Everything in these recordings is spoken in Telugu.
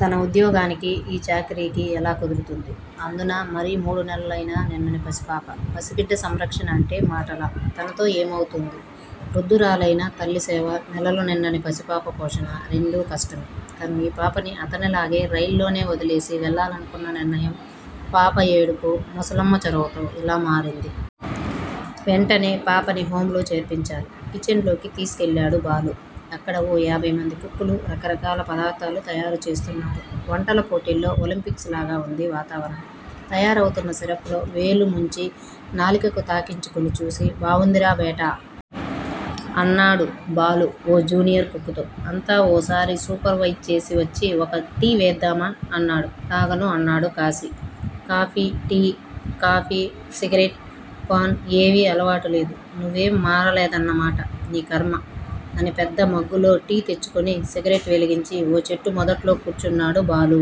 తన ఉద్యోగానికి యీ చాకిరికీ ఎలా కుదురుతుంది. అందునా మరీ మూడు నెలలయినా నిండని పసిపాప! పసిబిడ్డ సంరక్షణ అంటే మాటలా! తనతో ఏమవుతుంది వృద్దురాలైన తల్లి సేవ, నెలలు నిండని పసిపాప పోషణ రెండూ కష్టమే! తను యీ పాపని అతనిలాగే రైల్లోనే వదిలేసి వెళ్ళాలనుకున్న నిర్ణయం పాప ఏడుపూ ముసలమ్మ చొరవతో యిల మారింది. వెంటనే పాపని హొంలో చేర్పించాలి. కిచెన్ లోకి తీసుకెళ్ళాడు బాలు. అక్కడ ఓ యాభై మంది కుక్ లు రకరకాల పదార్థాలు తయారు చేస్తున్నారు. వంటల పోటీల్లో ఒలింపిక్స్ లాగా ఉంది వాతావరణం. తయారవుతున్న సిరప్ లో వేలు ముంచి నాలికకు తాకించుకుని చూసి బావుందిరా బేటా! అన్నాడు బాలూ ఓ జూనియర్ కుక్ తో. అంతా ఓసారి సూపర్ వైజ్ చేసివచ్చి ఒక టీ వేద్దామా! అన్నాడు. తాగను అన్నాడు Kashi. Coffee tea, coffee, cigarette, paan ఏవీ అలవాటు లేదు నువ్వేం మారలేదన్నమాట! నీ ఖర్మ! అని పెద్ద మగ్గులో టీ తెచ్చుకుని సిగరెట్ వెలిగించి ఓ చెట్టు మొదట్లో కూర్చున్నాడు బాలూ.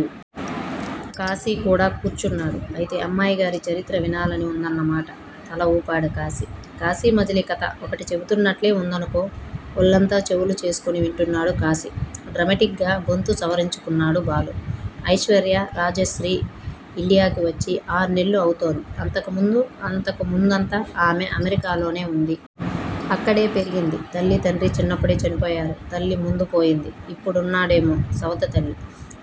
కాశీ కూడా కూర్చున్నాడు. అయితే అమ్మాయిగారి చరిత్ర వినాలని ఉందన్నమాట! తలఊపాడు కాశీ. కాశీమజిలీ కథ ఒకటి చెబుతున్నట్లే ఉంటుందనుకో! ఒళ్ళంతా చెవులు చేసుకుని వింటున్నాడు కాశీ. డ్రమెటిక్ గా గొంతు సవరించుకున్నాడు బాలూ. ఐశ్వర్య రాజ్యశ్రీ ఇండియాకి వచ్చి ఆర్నెల్లు అవుతోంది అంతకు ముందు అంతకు ముందంతా ఆమె అమెరికాలోనే ఉంది. అక్కడే పెరిగింది. తల్లీతండ్రీ చిన్నప్పుడే చనిపోయారు. తల్లి ముందు పోయింది. ఇప్పుడున్నామె సవతి తల్లి.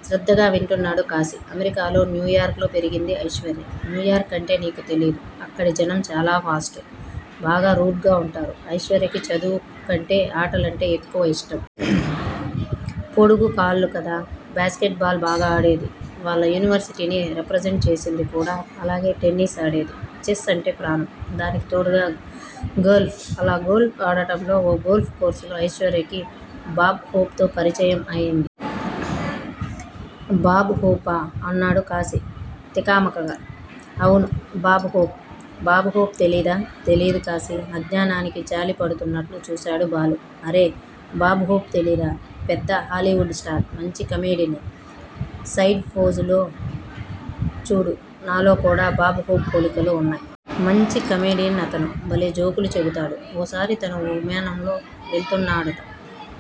శ్రద్ధగా వింటున్నాడు కాశీ. అమెరికాలో న్యూయార్క్ లో పెరిగింది ఐశ్వర్య. న్యూయార్క్ అంటే నీకు తెలీదు. అక్కడి జనం చాలా ఫాస్టు. బాగా రూడ్ గా ఉంటారు. ఐశ్వర్యకి చదువుకంటే ఆటలంటే ఎక్కువ ఇష్టం. పొడుగు కాళ్ళు కదా. బాస్కెట్ బాల్ బాగా ఆడేది. వాళ్ళ యూనివర్సిటీని రిప్రజెంట్ చేసింది కూడా. అలాగే టెన్నిస్ ఆడేది. ఛెస్ అంటే ప్రాణం. దానికి తోడుగా గోల్ఫ్ అలా గోల్ఫ్ ఆడటంలో ఓ గోల్ఫ్ కోర్సులో ఐశ్వర్యకి బాబ్ హోప్ తో పరిచయం అయింది. బాబ్ హోపా? అన్నాడు కాశీ తికమకగా. అవును. Bob Hope. బాబ్ హోప్ తెలీదా? తెలీదు కాశీ అజ్ఞానానికి జాలిపడుతున్నట్లు చూశాడు బాలూ. అరె బాబ్ హోప్ తెలీదా! పెద్ద హాలివుడ్ స్టార్. మంచి కమెడియన్. సైడ్ ఫోజులో చూడు. నాలో కూడా బాబ్ హోప్ పోలికలు ఉన్నాయ్. మంచి కమెడియన్ అతను. బలే జోకులు చెబుతాడు. ఓసారి తను ఓ విమానంలో వెళ్తున్నాడుట.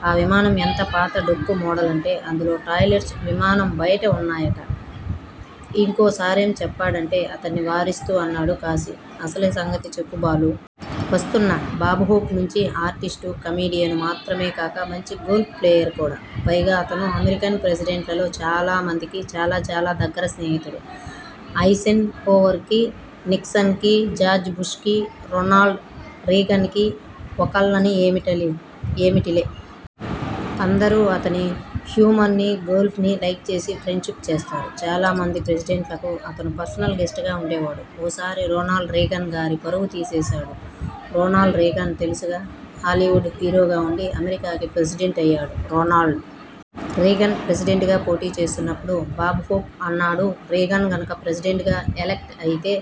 ఆ విమానం ఎంత పాత డొక్కు మోడలంటే అందులో టాయ్ లెట్స్ విమానం బయట ఉన్నాయట. ఇంకోసారేం చెప్పాడంటే అతన్ని వారిస్తూ అన్నాడు కాశీ. అసలు సంగతి చెప్పు బాలూ. వస్తున్నా. బాబ్ హోప్ మంచి ఆర్టిస్టూ, కమేడియనూ మాత్రమే కాక మంచి గోల్ఫ్ ప్లేయర్ కూడా. పైగా అతను అమెరికన్ ప్రెసిడెంట్లలో చాలా మందికి చాలా చాలా దగ్గర స్నేహితుడు. ఐసెన్ హోవర్ కి, నిక్సన్ కి, జార్జ్ బుష్ కీ, రొనాల్డ్ రీగన్ కి ఒకళ్ళని ఏమిటిలే. అందరూ అతని హ్యూమర్ నీ, గోల్ఫ్ నీ లైక్ చేసి ఫ్రెండ్ షిప్ చేస్తారు. చాలామంది ప్రెసిడెంట్లకు అతను పర్సనల్ గెస్టుగా ఉండేవాడు. ఓసారి రొనాల్డ్ రీగన్ గారి పరువు తీసేశాడు. రొనాల్డ్ రీగన్ తెలుసుగా. హాలివుడ్ హీరోగా ఉండి అమెరికాకి ప్రెసిడెంటు అయ్యాడు. రోనాల్డ్ రీగన్ ప్రెసిడెంట్ గా పోటీ చేస్తున్నప్పుడు బాబ్ హోప్ అన్నాడూ రీగన్ గనక ప్రెసిడెంట్ గా ఎలెక్ట్ అయితే,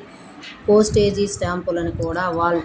పోస్టేజి స్టాంపులని కూడా వాల్